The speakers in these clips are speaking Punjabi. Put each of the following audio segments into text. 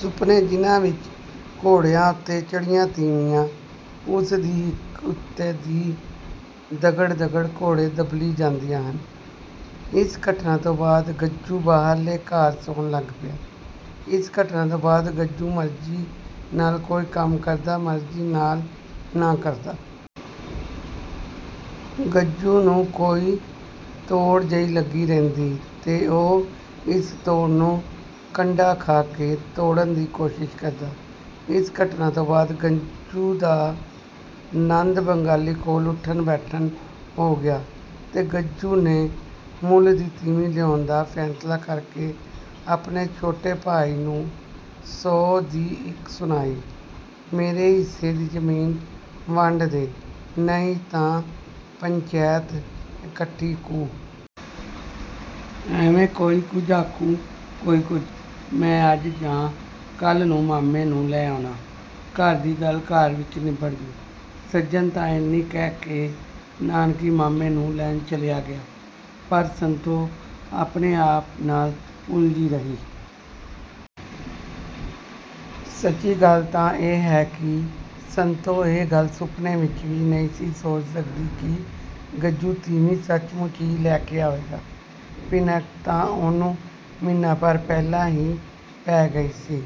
ਸੁਪਨੇ, ਜਿਨ੍ਹਾਂ ਵਿੱਚ ਘੋੜਿਆਂ ਉੱਤੇ ਚੜ੍ਹੀਆਂ ਤੀਮੀਆਂ, ਉਸ ਦੀ ਹਿੱਕ ਉੱਤੋਂ ਦੀ ਦਗੜ-ਦਗੜ ਘੋੜੇ ਦਬੱਲੀ ਜਾਂਦੀਆਂ ਹਨ। ਇਸ ਘਟਨਾ ਤੋਂ ਬਾਅਦ ਗੱਜੂ ਬਾਹਰਲੇ ਘਰ ਸੌਣ ਲੱਗ ਪਿਆ। ਇਸ ਘਟਨਾ ਤੋਂ ਬਾਅਦ ਗੱਜੂ ਮਰਜ਼ੀ ਨਾਲ ਕੋਈ ਕੰਮ ਕਰਦਾ, ਮਰਜ਼ੀ ਨਾਲ ਨਾ ਕਰਦਾ। ਗੱਜੂ ਨੂੰ ਕੋਈ ਤੋੜ ਜਿਹੀ ਲੱਗੀ ਰਹਿੰਦੀ ਤੇ ਉਹ ਇਸ ਤੋੜ ਨੂੰ ਕੰਡਾ ਖਾ ਕੇ ਤੋੜਨ ਦੀ ਕੋਸ਼ਿਸ਼ ਕਰਦਾ। ਇਸ ਘਟਨਾ ਤੋਂ ਬਾਅਦ ਗੱਜੂ ਦਾ ਨੰਦ ਬੰਗਾਲੀ ਕੋਲ ਉੱਠਣ-ਬੈਠਣ ਹੋ ਗਿਆ ਤੇ ਗੱਜੂ ਨੇ ਮੁੱਲ ਦੀ ਤੀਮੀਂ ਲਿਆਉਣ ਦਾ ਫ਼ੈਸਲਾ ਕਰ ਕੇ ਆਪਣੇ ਛੋਟੇ ਭਾਈ ਨੂੰ ਸੌ ਦੀ ਇੱਕ ਸੁਣਾਈ, “ਮੇਰੇ ਹਿੱਸੇ ਦੀ ਜ਼ਮੀਨ ਵੰਡ ਦੇਹ, ਨਹੀਂ ਤਾਂ ਪੰਚੈਤ ਇਕੱਠੀ ਕਰਨੀ ਪਊ।” ਐਵੇਂ ਕੋਈ ਕੁਝ ਆਖੂ, ਕੋਈ ਕੁਝ। ਮੈਂ ਅੱਜ ਜਾ ਕੇ ਕੱਲ੍ਹ ਨੂੰ ਮਾਮੇ ਨੂੰ ਲੈ ਆਉਣਾ। ਘਰ ਦੀ ਗੱਲ ਘਰ ਵਿੱਚ ਨਿਬੜ ਜੂ।” ਸੱਜਣ ਤਾਂ ਐਨੀ ਕਹਿ ਕੇ ਨਾਨਕੀਂ ਮਾਮੇ ਨੂੰ ਲੈਣ ਚਲਿਆ ਗਿਆ, ਪਰ ਸੰਤੋ ਆਪਣੇ ਆਪ ਨਾਲ ਉਲਝੀ ਰਹੀ। ਸੱਚੀ ਗੱਲ ਤਾਂ ਇਹ ਹੈ ਕਿ ਸੰਤੋ ਇਹ ਗੱਲ ਸੁਪਨੇ ਵਿੱਚ ਵੀ ਨਹੀਂ ਸੀ ਸੋਚ ਸਕਦੀ ਕਿ ਗੱਜੂ ਤੀਮੀਂ ਸੱਚਮੁੱਚ ਹੀ ਲੈ ਆਵੇਗਾ। ਭਿਣਕ ਤਾਂ ਉਹਨੂੰ ਮਹੀਨਾ ਭਰ ਪਹਿਲਾਂ ਹੀ ਪੈ ਗਈ ਸੀ,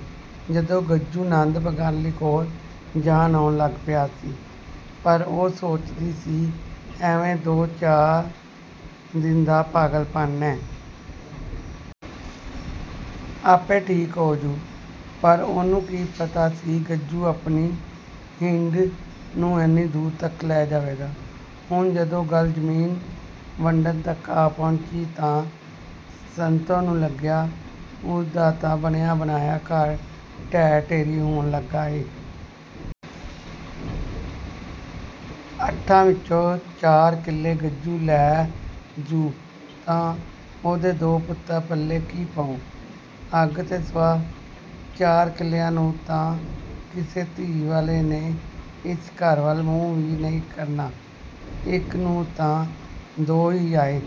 ਜਦੋਂ ਗੱਜੂ ਨੰਦ ਬੰਗਾਲੀ ਕੋਲ ਜਾਣ-ਆਉਣ ਲੱਗ ਪਿਆ ਸੀ, ਪਰ ਉਹ ਸੋਚਦੀ ਸੀ, “ਐਵੇਂ ਦੋ-ਚਾਰ ਦਿਨ ਦਾ ਪਾਲਗਪਣ ਐ। ਆਪੇ ਠੀਕ ਹੋ ਜੂ।” ਪਰ ਉਹਨੂੰ ਕੀ ਪਤਾ ਸੀ, ਗੱਜੂ ਆਪਣੀ ਹਿੰਡ ਨੂੰ ਐਨੀ ਦੂਰ ਤੱਕ ਲੈ ਜਾਵੇਗਾ। ਹੁਣ ਜਦੋਂ ਗੱਲ ਜ਼ਮੀਨ ਵੰਡਣ ਤੱਕ ਆ ਪਹੁੰਚੀ ਤਾਂ ਸੰਤੋ ਨੂੰ ਲੱਗਿਆ, ਉਸ ਦਾ ਤਾਂ ਬਣਿਆ-ਬਣਾਇਆ ਘਰ ਢਹਿ-ਢੇਰੀ ਹੋਣ ਲੱਗਾ ਐ। ਅੱਠਾਂ ਵਿੱਚੋਂ ਚਾਰ ਕਿਲੇ ਗੱਜੂ ਲੈ ਜੂ ਤਾਂ ਉਹਦੇ ਦੋ ਪੁੱਤਾਂ ਪੱਲੇ ਕੀ ਪਊ? ਅੱਗ ਤੇ ਸੁਆਹ? ਚਾਰ ਕਿੱਲਿਆਂ ਨੂੰ ਤਾਂ ਕਿਸੇ ਧੀ ਵਾਲੇ ਨੇ ਇਸ ਘਰ ਵੱਲ ਮੂੰਹ ਵੀ ਨਹੀਂ ਕਰਨਾ। ਇੱਕ ਨੂੰ ਤਾਂ ਦੋ ਹੀ ਆਏ।